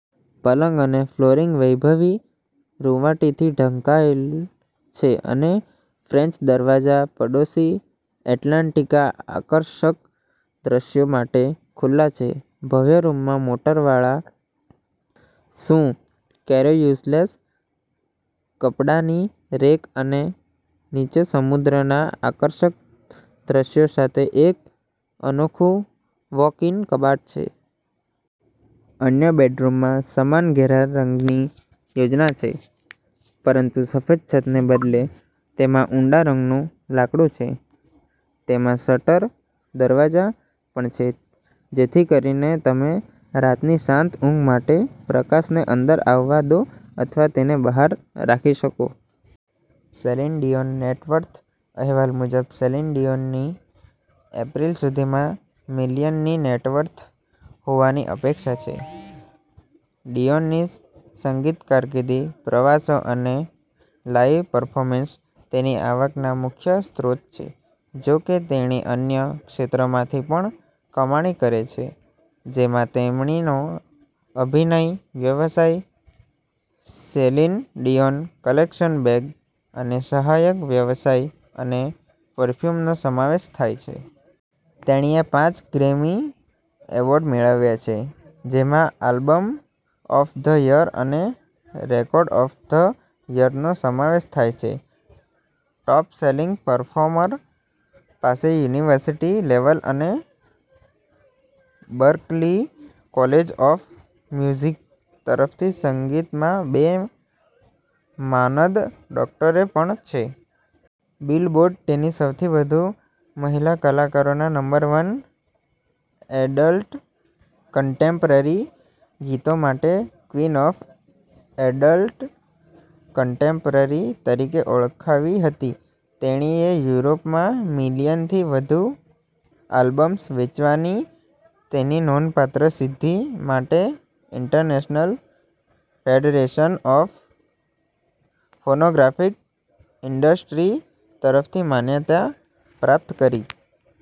પલંગ અને ફ્લોરિંગ વૈભવી રુવાંટીથી ઢંકાયેલ છે, અને ફ્રેન્ચ દરવાજા પડોશી એટલાન્ટિકના આકર્ષક દૃશ્યો માટે ખુલ્લા છે. ભવ્ય રૂમમાં મોટરવાળા શૂ કેરોયુસેલ્સ, કપડાની રેક અને નીચે સમુદ્રના આકર્ષક દૃશ્યો સાથે એક અનોખું વૉક-ઇન કબાટ છે. અન્ય બેડરૂમમાં સમાન ઘેરા રંગની યોજના છે, પરંતુ સફેદ છતને બદલે, તેમાં ઊંડા રંગનું લાકડું છે. તેમાં શટર દરવાજા પણ છે જેથી કરીને તમે રાતની શાંત ઊંઘ માટે પ્રકાશને અંદર આવવા દો અથવા તેને બહાર રાખી શકો. Celine Dion net worth. અહેવાલ મુજબ, સેલિન ડીયોનની એપ્રિલ સુધીમાં મિલિયનની નેટવર્થ હોવાની અપેક્ષા છે. ડીયોનની સંગીત કારકિર્દી, પ્રવાસો અને લાઇવ પર્ફોર્મન્સ તેની આવકના મુખ્ય સ્ત્રોત છે. જો કે, તેણી અન્ય ક્ષેત્રોમાંથી પણ કમાણી કરે છે, જેમાં તેમણીનો અભિનય વ્યવસાય, સેલિન ડીયોન કલેક્શન, બેગ અને સહાયક વ્યવસાય અને પરફ્યુમનો સમાવેશ થાય છે. તેણીએ પાંચ ગ્રેમી એવોર્ડ મેળવ્યા છે, જેમાં આલ્બમ ઓફ ધ યર અને રેકોર્ડ ઓફ ધ યરનો સમાવેશ થાય છે. ટોપ-સેલિંગ પરફોર્મર પાસે યુનિવર્સિટી લેવલ અને બર્કલી કોલેજ ઓફ મ્યુઝિક તરફથી સંગીતમાં બે માનદ ડોક્ટરેટ પણ છે. બિલબોર્ડે તેને સૌથી વધુ મહિલા કલાકારોના નંબર-વન એડલ્ટ કન્ટેમ્પરરી ગીતો માટે "ક્વીન ઓફ એડલ્ટ કન્ટેમ્પરરી" તરીકે ઓળખાવી હતી. તેણીએ યુરોપમાં મિલિયનથી વધુ આલ્બમ્સ વેચવાની તેની નોંધપાત્ર સિદ્ધિ માટે International Federation of Phonographic Industry તરફથી માન્યતા પ્રાપ્ત કરી.